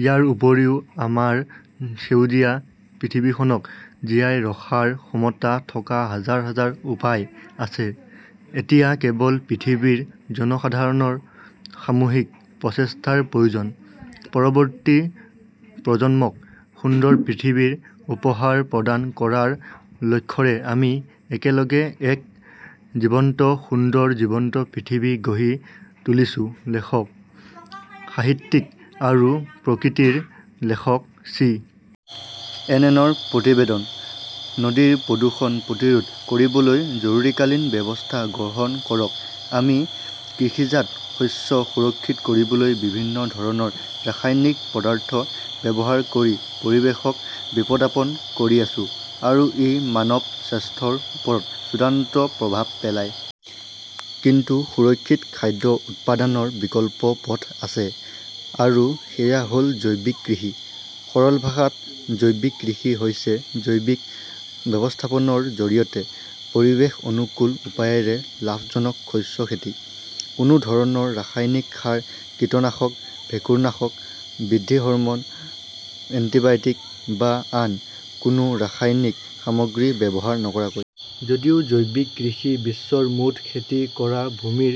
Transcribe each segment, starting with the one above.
ইয়াৰ উপৰিও আমাৰ সেউজীয়া পৃথিৱীখনক জীয়াই ৰখাৰ ক্ষমতা থকা হাজাৰ হাজাৰ উপায় আছে। এতিয়া কেৱল পৃথিৱীৰ জনসাধাৰণৰ সামূহিক প্ৰচেষ্টাৰ প্ৰয়োজন। পৰৱৰ্তী প্ৰজন্মক সুন্দৰ পৃথিৱীৰ উপহাৰ প্ৰদান কৰাৰ লক্ষ্যৰে আমি একেলগে এক জীৱন্ত সুন্দৰ জীৱন্ত পৃথিৱী গঢ়ি তুলিছো-লেখক, সাহিত্যিক আৰু প্ৰকৃতিৰ লেখক চি. এন. এন. ৰ প্ৰতিবেদন। নদীৰ প্ৰদূষণ প্ৰতিৰোধ কৰিবলৈ জৰুৰীকালীন ব্যৱস্থা গ্ৰহণ কৰক আমি কৃষিজাত শস্য সুৰক্ষিত কৰিবলৈ বিভিন্ন ধৰণৰ ৰাসায়নিক পদাৰ্থ ব্যৱহাৰ কৰি পৰিৱেশক বিপদাপন্ন কৰি আছো। আৰু ই মানৱ স্বাস্থ্যৰ ওপৰত চূড়ান্ত প্ৰভাৱ পেলায়। কিন্তু সুৰক্ষিত খাদ্য উৎপাদনৰ বিকল্প পথ আছে, আৰু সেয়া হ'ল জৈৱিক কৃষি। সৰল ভাষাত জৈৱিক কৃষি হৈছে জৈৱিক ব্যৱস্থাপনাৰ জৰিয়তে পৰিৱেশ অনুকূল উপায়েৰে লাভজনক শস্য খেতি, কোনো ধৰণৰ ৰাসায়নিক সাৰ, কীটনাশক, ভেঁকুৰনাশক, বৃদ্ধি হৰম'ন, এণ্টিবায়'টিক বা আন কোনো ৰাসায়নিক সামগ্ৰী ব্যৱহাৰ নকৰাকৈ। যদিও জৈৱিক কৃষি বিশ্বৰ মুঠ খেতি কৰা ভূমিৰ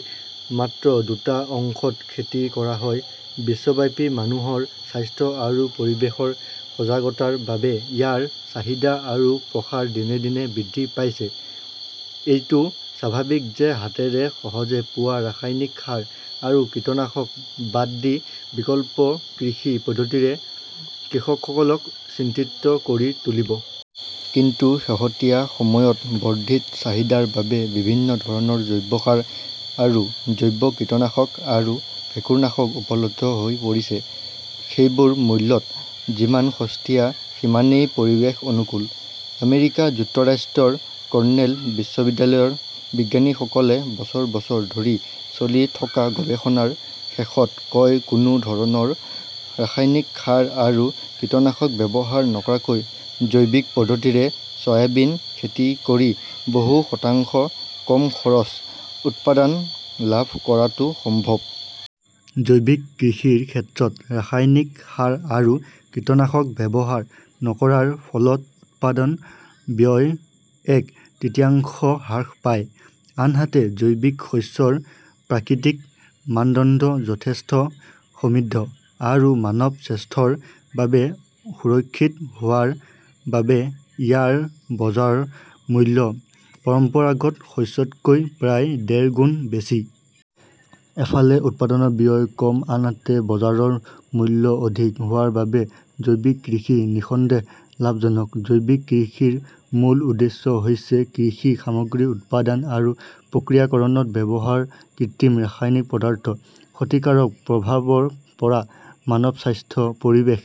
মাত্ৰ দুটা অংশত খেতি কৰা হয়, বিশ্বব্যাপী মানুহৰ স্বাস্থ্য আৰু পৰিৱেশৰ সজাগতাৰ বাবে ইয়াৰ চাহিদা আৰু প্ৰসাৰ দিনে দিনে বৃদ্ধি পাইছে। এইটো স্বাভাৱিক যে হাতেৰে সহজে পোৱা ৰাসায়নিক সাৰ আৰু কীটনাশক বাদ দি বিকল্প কৃষি পদ্ধতিয়ে কৃষকসকলক চিন্তিত কৰি তুলিব। কিন্তু শেহতীয়া সময়ত বৰ্ধিত চাহিদাৰ বাবে বিভিন্ন ধৰণৰ জৈৱ সাৰ আৰু জৈৱ কীটনাশক আৰু ভেঁকুৰনাশক উপলব্ধ হৈ পৰিছে। সেইবোৰ মূল্যত যিমান সস্তীয়া সিমানেই পৰিৱেশ অনুকূল। আমেৰিকা যুক্তৰাষ্ট্ৰৰ কৰ্ণেল বিশ্ববিদ্যালয়ৰ বিজ্ঞানীসকলে বছৰ বছৰ ধৰি চলি থকা গৱেষণাৰ শেষত কয়-কোনো ধৰণৰ ৰাসায়নিক সাৰ আৰু কীটনাশক ব্যৱহাৰ নকৰাকৈ জৈৱিক পদ্ধতিৰে সয়াবিন খেতি কৰি বহু শতাংশ কম খৰচত উৎপাদন লাভ কৰাটো সম্ভৱ। জৈৱিক কৃষিৰ ক্ষেত্ৰত ৰাসায়নিক সাৰ আৰু কীটনাশক ব্যৱহাৰ নকৰাৰ ফলত উৎপাদন ব্যয় এক তৃতীয়াংশ হ্ৰাস পায়। আনহাতে জৈৱিক শস্যৰ প্ৰাকৃতিক মানদণ্ড যথেষ্ট সমৃদ্ধ আৰু মানৱ স্বাস্থ্যৰ বাবে সুৰক্ষিত হোৱাৰ বাবে ইয়াৰ বজাৰ মূল্য পৰম্পৰাগত শস্যতকৈ প্ৰায় ডেৰ গুণ বেছি। এফালে উৎপাদনৰ ব্যয় কম, আনহাতে বজাৰৰ মূল্য অধিক হোৱাৰ বাবে জৈৱিক কৃষি নিঃসন্দেহে লাভজনক। জৈৱিক কৃষিৰ মূল উদ্দেশ্য হৈছে কৃষি সামগ্ৰী উৎপাদন আৰু প্ৰক্ৰিয়াকৰণত ব্যৱহৃত কৃত্ৰিম ৰাসায়নিক পদাৰ্থৰ ক্ষতিকাৰক প্ৰভাৱৰ পৰা মানৱ স্বাস্থ্য, পৰিৱেশ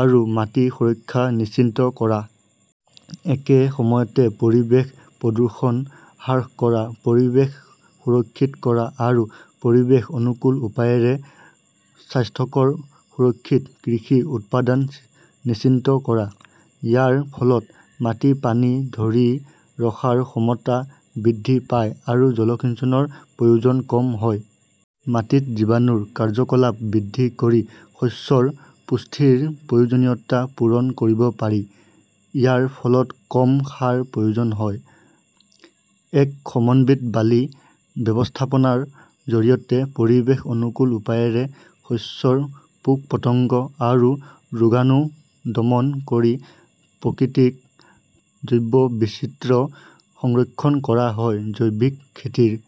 আৰু মাটিৰ সুৰক্ষা নিশ্চিত কৰা। একে সময়তে, পৰিৱেশ প্ৰদূষণ হ্ৰাস কৰা, পৰিৱেশ সুৰক্ষিত কৰা আৰু পৰিৱেশ অনুকূল উপায়েৰে স্বাস্থ্যকৰ সুৰক্ষিত কৃষি উৎপাদন নিশ্চিত কৰা। ইয়াৰ ফলত মাটিৰ পানী ধৰি ৰখাৰ ক্ষমতা বৃদ্ধি পায় আৰু জলসিঞ্চনৰ প্ৰয়োজন কম হয়। মাটিত জীৱাণুৰ কাৰ্য্যকলাপ বৃদ্ধি কৰি শস্যৰ পুষ্টিৰ প্ৰয়োজনীয়তা পূৰণ কৰিব পাৰি। ইয়াৰ ফলত কম সাৰৰ প্ৰয়োজন হয়। এক সমন্বিত বালি ব্যৱস্থাপনাৰ জৰিয়তে পৰিৱেশ অনুকূল উপায়েৰে শস্যৰ পোক-পতংগ আৰু ৰোগাণু দমন কৰি প্ৰাকৃতিক জৈৱ বৈচিত্ৰ্য সংৰক্ষণ কৰা হয়। জৈৱিক খেতিৰ